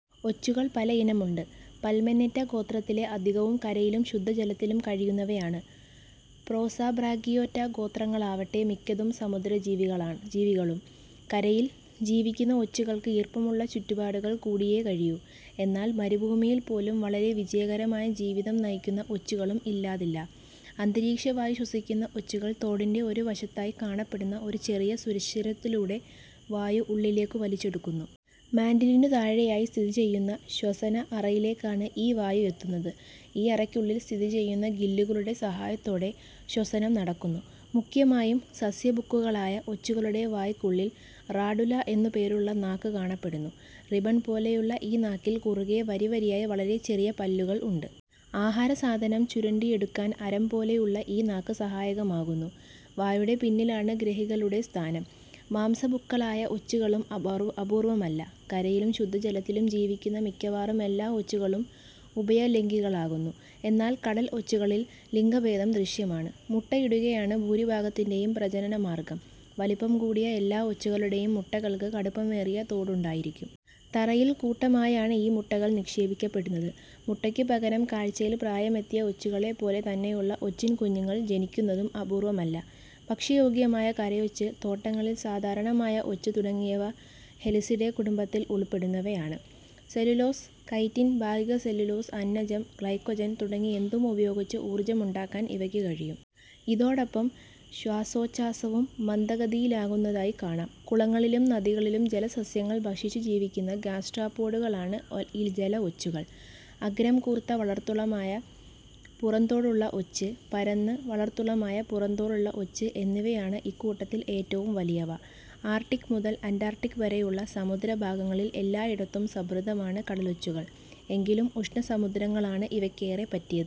ഒച്ചുകൾ പലയിനമുണ്ട്; പൾമനേറ്റ ഗോത്രത്തിലെ അധികവും കരയിലും ശുദ്ധജലത്തിലും കഴിയുന്നവയാണ്; പ്രോസോബ്രാങ്കിയേറ്റ ഗോത്രങ്ങളാവട്ടെ മിക്കതും സമുദ്രജീവികളും. കരയിൽ ജീവിക്കുന്ന ഒച്ചുകൾക്ക് ഈർപ്പമുള്ള ചുറ്റുപാടുകൾ കൂടിയേകഴിയൂ. എന്നാൽ മരുഭൂമിയിൽ പോലും വളരെ വിജയകരമായ ജീവിതം നയിക്കുന്ന ഒച്ചുകളും ഇല്ലാതില്ല. അന്തരീക്ഷവായൂ ശ്വസിക്കുന്ന ഒച്ചുകൾ തോടിന്റെ ഒരുവശത്തായി കാണപ്പെടുന്ന ഒരു ചെറിയ സുഷിരത്തിലൂടെ വായൂ ഉള്ളിലേക്കു വലിച്ചെടുക്കുന്നു. മാന്റിലിനു താഴെയായി സ്ഥിതിചെയ്യുന്ന ശ്വസന-അറ യിലേക്കാണ് ഈ വായൂ എത്തുന്നത്. ഈ അറയ്ക്കുള്ളിൽ സ്ഥ്തിചെയ്യുന്ന ഗില്ലുകളുടെ സഹായത്തോടെ ശ്വസനം നടക്കുന്നു. മുഖ്യമായും സസ്യഭുക്കുകളായ ഒച്ചുകളുടെ വായ്ക്കുള്ളിൽ റാഡുല എന്നു പേരുള്ള നാക്ക് കാണപ്പെടുന്നു. റിബൺപോലെയുള്ള ഈ നാക്കിൽ, കുറുകെ, വരിവരിയായി വളരെ ചെറിയ പല്ലുകൾ ഉണ്ട്. ആഹാരസാധനം ചുരണ്ടിയെടുക്കാൻ അരംപോലെയുള്ള ഈ നാക്ക് സഹായകമാകുന്നു. വായുടെ പിന്നിലാണ് ഗ്രാഹികളുടെ സ്ഥാനം. മാംസഭുക്കുകളായ ഒച്ചുകളും അപൂർവമല്ല. കരയിലു ശുദ്ധജലത്തിലും ജീവിക്കുന്ന മിക്കവാറും എല്ലാ ഒച്ചുകളും ഉഭയലിങ്ഗികളാകുന്നു. എന്നാൽ കടൽ ഒച്ചുകളിൽ ലിങ്ഗഭേദം ദൃശ്യമാണ്. മുട്ട ഇടുകയാണ് ഭൂരിഭാഗത്തിന്റെയും പ്രജനനമാർഗം. വലിപ്പം കൂടിയ എല്ലാ ഒച്ചുകളുടെയും മുട്ടകൾക്ക് കടുപ്പമേറിയ തോടുണ്ടായിരിക്കും. തറയിൽ കൂട്ടമായാണ് ഈ മുട്ടകൾ നിക്ഷേപിക്കപ്പെടുന്നത്. മുട്ടയ്ക്കുപകരം, കാഴ്ചയിൽ പ്രായമെത്തിയ ഒച്ചുകളെ പോലെ തന്നെയുള്ള ഒച്ചിൻകുഞ്ഞുങ്ങൾ ജനിക്കുന്നതും അപൂർവമല്ല. ഭക്ഷ്യയോഗ്യമായ കരയൊച്ച്, തോട്ടങ്ങളിൽ സധാരണമായ ഒച്ച് തുടങ്ങിയവ ഹെലിസിഡേ കുടുംബത്തിൽ ഉൾപ്പെടുന്നവയാണ്. സെലുലോസ്, കൈറ്റിൻ, ഭാഗിക-സെലുലോസ്, അന്നജം, ഗ്ലൈക്കൊജൻ തുടങ്ങി എന്തും ഉപയോഗിച്ച് ഊർജമുണ്ടാക്കാൻ ഇവയ്ക്കു കഴിയും. ഇതോടൊപ്പം ശ്വാസോച്ഛ്വാസവും മന്ദഗതിയിലാകുന്നതായി കാണാം. കുളങ്ങളിലും നദികളിലും ജലസസ്യങ്ങൾ ഭക്ഷിച്ചു ജീവിക്കുന്ന ഗാസ്ട്രപ്പോഡുകളാണ് ജല-ഒച്ചുകൾ. അഗ്രം കൂർത്ത, വർത്തുളമായ പുറംതോടുള്ള ഒച്ച്, പരന്ന്, വർത്തുളമായ പുറംതോടുള്ള ഒച്ച് എന്നിവയാണ് ഇക്കൂട്ടത്തിൽ ഏറ്റവും വലിയവ. ആർട്ടിക് മുതൽ അന്റാർട്ടിക് വരെയുള്ള സമുദ്രഭാഗങ്ങളിൽ എല്ലായിടത്തും സമൃദ്ധമാണ് കടലൊച്ചുകൾ. എങ്കിലും ഉഷ്ണസമുദ്രങ്ങളാണ് ഇവയ്ക്കേറെ പറ്റിയത്.